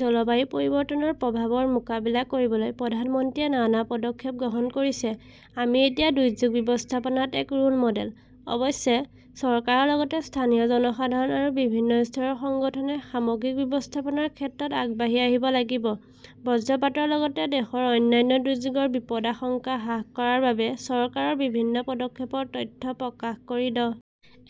জলবায়ু পৰিৱৰ্তনৰ প্ৰভাৱৰ মোকাবিলা কৰিবলৈ প্ৰধানমন্ত্ৰীয়ে নানা পদক্ষেপ গ্ৰহণ কৰিছে। আমি এতিয়া দুৰ্যোগ ব্যৱস্থাপনাত এক ৰোল মডেল। অৱশ্যে, চৰকাৰৰ লগতে স্থানীয় জনসাধাৰণ আৰু বিভিন্ন স্তৰৰ সংগঠনে সামগ্ৰিক ব্যৱস্থাপনাৰ ক্ষেত্ৰত আগবাঢ়ি আহিব লাগিব। বজ্ৰপাতৰ লগতে দেশৰ অন্যান্য দুৰ্যোগৰ বিপদাশংকা হ্ৰাস কৰাৰ বাবে চৰকাৰৰ বিভিন্ন পদক্ষেপৰ তথ্য প্ৰকাশ কৰি ড।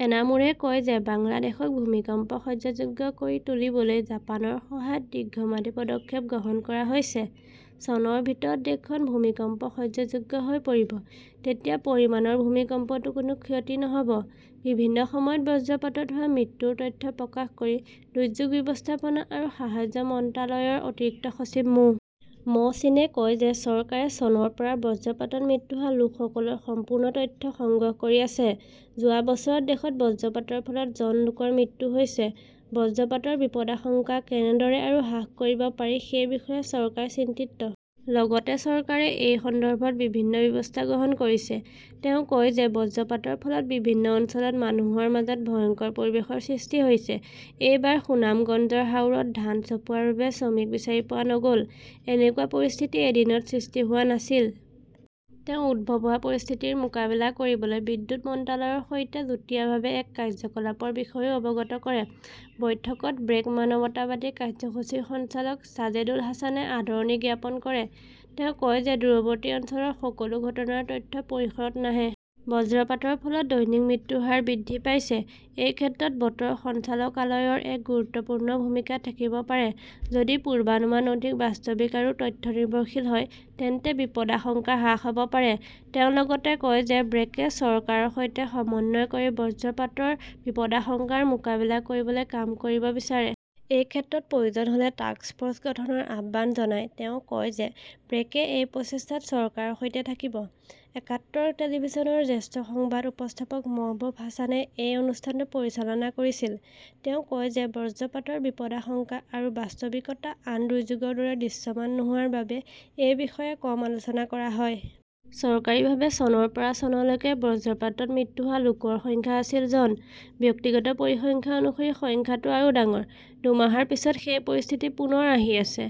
এনামুৰে কয় যে বাংলাদেশক ভূমিকম্প সহ্যযোগ্য কৰি তুলিবলৈ জাপানৰ সহায়ত দীৰ্ঘম্যাদী পদক্ষেপ গ্ৰহণ কৰা হৈছে। চনৰ ভিতৰত দেশখন ভূমিকম্প সহ্যযোগ্য হৈ পৰিব। তেতিয়া পৰিমাণৰ ভূমিকম্পতো কোনো ক্ষতি নহ "ব। বিভিন্ন সময়ত বজ্ৰপাতত হোৱা মৃত্যুৰ তথ্য প্ৰকাশ কৰি দুৰ্যোগ ব্যৱস্থাপনা আৰু সাহায্য মন্ত্ৰালয়ৰ অতিৰিক্ত সচিব মো. মহচিনে কয় যে চৰকাৰে চনৰ পৰা বজ্ৰপাতত মৃত্যু হোৱা লোকসকলৰ সম্পূৰ্ণ তথ্য সংগ্ৰহ কৰি আছে। যোৱা বছৰত দেশত বজ্ৰপাতৰ ফলত জন লোকৰ মৃত্যু হৈছে। বজ্ৰপাতৰ বিপদাশংকা কেনেদৰে আৰু হ্ৰাস কৰিব পাৰি সেই বিষয়ে চৰকাৰ চিন্তিত। লগতে চৰকাৰে এই সন্দৰ্ভত বিভিন্ন ব্যৱস্থা গ্ৰহণ কৰিছে। তেওঁ কয় যে বজ্ৰপাতৰ ফলত বিভিন্ন অঞ্চলত মানুহৰ মাজত ভয়ংকৰ পৰিৱেশৰ সৃষ্টি হৈছে। এইবাৰ সুনামগঞ্জৰ হাওৰত ধান চপোৱাৰ বাবে শ্ৰমিক বিচাৰি পোৱা নগ "ল। এনেকুৱা পৰিস্থিতি এদিনত সৃষ্টি হোৱা নাছিল। তেওঁ উদ্ভৱ হোৱা পৰিস্থিতিৰ মোকাবিলা কৰিবলৈ বিদ্যুৎ মন্ত্ৰালয়ৰ সৈতে যুটীয়াভাৱে এক কাৰ্যকলাপৰ বিষয়েও অৱগত কৰে। বৈঠকত ব্ৰেক মানৱতাবাদী কাৰ্যসূচীৰ সঞ্চালক ছাজেদুল হাছানে আদৰণি জ্ঞাপন কৰে। তেওঁ কয় যে দূৰৱৰ্তী অঞ্চলৰ সকলো ঘটনাৰ তথ্য পৰিসৰত নাহে। বজ্ৰপাতৰ ফলত দৈনিক মৃত্যুৰ হাৰ বৃদ্ধি পাইছে। এই ক্ষেত্ৰত বতৰ সঞ্চালকালয়ৰ এক গুৰুত্বপূৰ্ণ ভূমিকা থাকিব পাৰে। যদি পূৰ্বানুমান অধিক বাস্তৱিক আৰু তথ্য-নিৰ্ভৰশীল হয় তেন্তে বিপদাশংকা হ্ৰাস হ 'ব পাৰে। তেওঁ লগতে কয় যে ব্ৰেকে চৰকাৰৰ সৈতে সমন্বয় কৰি বজ্ৰপাতৰ বিপদাশংকাৰ মোকাবিলা কৰিবলৈ কাম কৰিব বিচাৰে। এই ক্ষেত্ৰত প্ৰয়োজন হ "লে টাস্ক ফ" ৰ্চ গঠনৰ আহ্বান জনাই তেওঁ কয় যে ব্ৰেকে এই প্ৰচেষ্টাত চৰকাৰৰ সৈতে থাকিব। একাত্তৰ টেলিভিছনৰ জ্যেষ্ঠ সংবাদ উপস্থাপক মহবূব হাছানে এই অনুষ্ঠানটো পৰিচালনা কৰিছিল। তেওঁ কয় যে বজ্ৰপাতৰ বিপদাশংকা আৰু বাস্তৱিকতা আন দুৰ্যোগৰ দৰে দৃশ্যমান নোহোৱাৰ বাবে এই বিষয়ে কম আলোচনা কৰা হয়। চৰকাৰীভাৱে চনৰ পৰা চনলৈকে বজ্ৰপাতত মৃত্যু হোৱা লোকৰ সংখ্যা আছিল জন। ব্যক্তিগত পৰিসংখ্যা অনুসৰি সংখ্যাটো আৰু ডাঙৰ। দুমাহৰ পিছত সেই পৰিস্থিতি পুনৰ আহি আছে।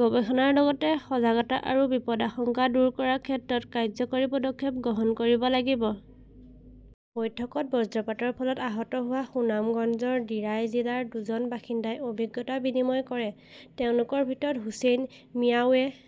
গৱেষণাৰ লগতে সজাগতা আৰু বিপদাশংকা দূৰ কৰাৰ ক্ষেত্ৰত কাৰ্যকৰী পদক্ষেপ গ্ৰহণ কৰিব লাগিব। বৈঠকত বজ্ৰপাতৰ ফলত আহত হোৱা সুনামগঞ্জৰ দিৰাই জিলাৰ দুজন বাসিন্দাই অভিজ্ঞতা বিনিময় কৰে। তেওঁলোকৰ ভিতৰত হুচেইন মিয়াৱে